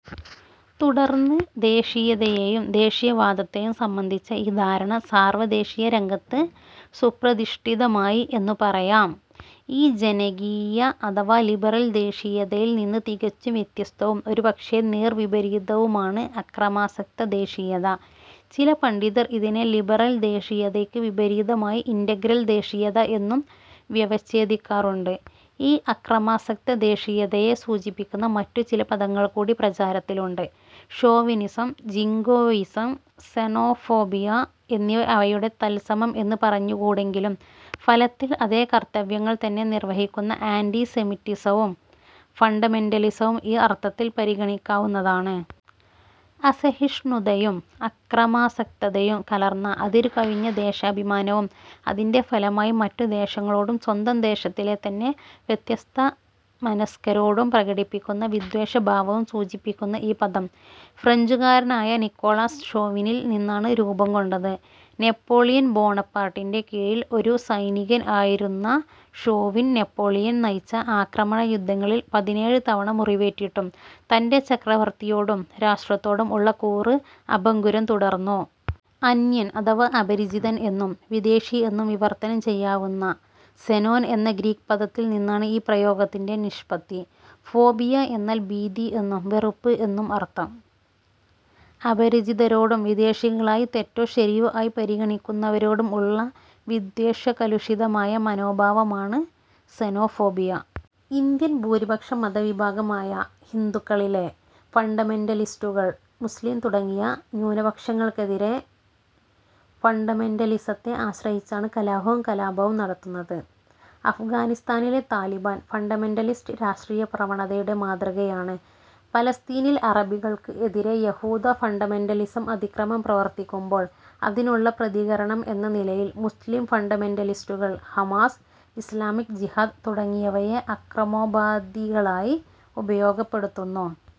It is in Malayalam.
തുടർന്ന് ദേശീയതയേയും ദേശീയവാദത്തെയും സംബന്ധിച്ച ഈ ധാരണ സാർവദേശീയ രംഗത്ത് സുപ്രതിഷ്ഠിതമായി എന്നു പറായാം. ഈ ജനകീയ അഥവാ ലിബറൽ ദേശീയതയിൽ നിന്ന് തികച്ചും വ്യത്യസ്തവും ഒരുപക്ഷേ നേർവിപരീതവുമാണ് അക്രമാസക്തദേശീയത. ചില പണ്ഡിതർ ഇതിനെ ലിബറൽ ദേശീയതയ്ക്ക് വിപരീതമായി ഇന്റഗ്രൽ ദേശീയത എന്നും വ്യവഛേദിക്കാറുണ്ട്. ഈ അക്രമാസക്ത ദേശീയതയെ സൂചിപ്പിക്കുന്ന മറ്റുചില പദങ്ങൾകൂടി പ്രചാരത്തിലുണ്ട്: ഷോവിനിസം, ജിംഗോയിസം, സെനോഫോബിയ എന്നിവ അവയുടെ തൽസമം എന്ന് പറഞ്ഞുകൂടെങ്കിലും ഫലത്തിൽ അതേ കർത്തവ്യങ്ങൾ തന്നെ നിർവഹിക്കുന്ന ആന്റി സെമിറ്റിസവും ഫണ്ടമെന്റലിസവും ഈ അർത്ഥത്തിൽ പരിഗണിക്കാവുന്നതാണ്. അസഹിഷ്ണുതയും അക്രമാസക്തതയും കലർന്ന അതിരു കവിഞ്ഞ ദേശാഭിമാനവും അതിന്റെ ഫലമായി മറ്റു ദേശങ്ങളോടും സ്വന്തം ദേശത്തിലെ തന്നെ വ്യത്യസ്ത മനസ്ക്കരോടും പ്രകടിപ്പിക്കുന്ന വിദ്വേഷ ഭാവവും സൂചിപ്പിക്കുന്ന ഈ പദം ഫ്രഞ്ചുകാരനായ നിക്കോളാസ് ഷോവിനിൽ നിന്നാണ് രൂപംകൊണ്ടത്. നെപ്പോളിയൻ ബോണപ്പാർട്ടിന്റെ കീഴിൽ ഒരു സൈനികൻ ആയിരുന്ന ഷോവിൻ നെപ്പോളിയൻ നയിച്ച ആക്രമണ യുദ്ധങ്ങളിൽ പതിനേഴ് തവണ മുറിവേറ്റിട്ടും തന്റെ ചക്രവർത്തിയോടും രാഷ്ട്രത്തോടും ഉള്ള കൂറ് അഭംഗുരം തുടർന്നു. അന്യൻ അഥവാ അപരിചിതൻ എന്നും വിദേശി എന്നും വിവർത്തനം ചെയ്യാവുന്ന സെനോൻ എന്ന ഗ്രീക് പദത്തിൽ നിന്നാണ് ഈ പ്രയോഗത്തിന്റെ നിഷ്പത്തി. ഫോബിയ എന്നാൽ ഭീതി എന്നും വെറുപ്പ് എന്നും അർത്ഥം. അപരിചിതരോടും വിദേശികളായി തെറ്റോ ശരിയോ ആയി പരിഗണിക്കുന്നവരോടും ഉള്ള വിദ്വേഷകലുഷിതമായ മനോഭാവമാണ് സെനോഫോബിയ. ഇന്ത്യൻ ഭൂരിപക്ഷ മതവിഭാഗമായ ഹിന്ദുക്കളിലെ ഫണ്ടമെന്റലിസ്റ്റുകൾ മുസ്ലീം തുടങ്ങിയ ന്യൂനപക്ഷങ്ങൾക്കെതിരെ ഫണ്ടമെന്റലിസത്തെ ആശ്രയിച്ചാണ് കലഹവും കലാപവും നടത്തുന്നത്. അഫ്ഘാനിസ്താനിലെ താലിബാൻ, ഫണ്ടമെന്റലിസ്റ്റ് രാഷ്ട്രീയ പ്രവണതയുടെ മാതൃകയാണ്. പലസ്തീനിൽ അറബികൾക്ക് എതിരെ യഹൂദ ഫണ്ടമെന്റലിസം അതിക്രമം പ്രവർത്തിക്കുമ്പോൾ അതിനുള്ള പ്രതികരണം എന്ന നിലയിൽ മുസ്ളിം ഫണ്ടമെന്റലിസ്റ്റുകൾ ഹമാസ്, ഇസ്ളാമിക് ജിഹാദ് തുടങ്ങിയവയെ അക്രമോപാധികളായി ഉപയോഗപ്പെടുത്തുന്നു.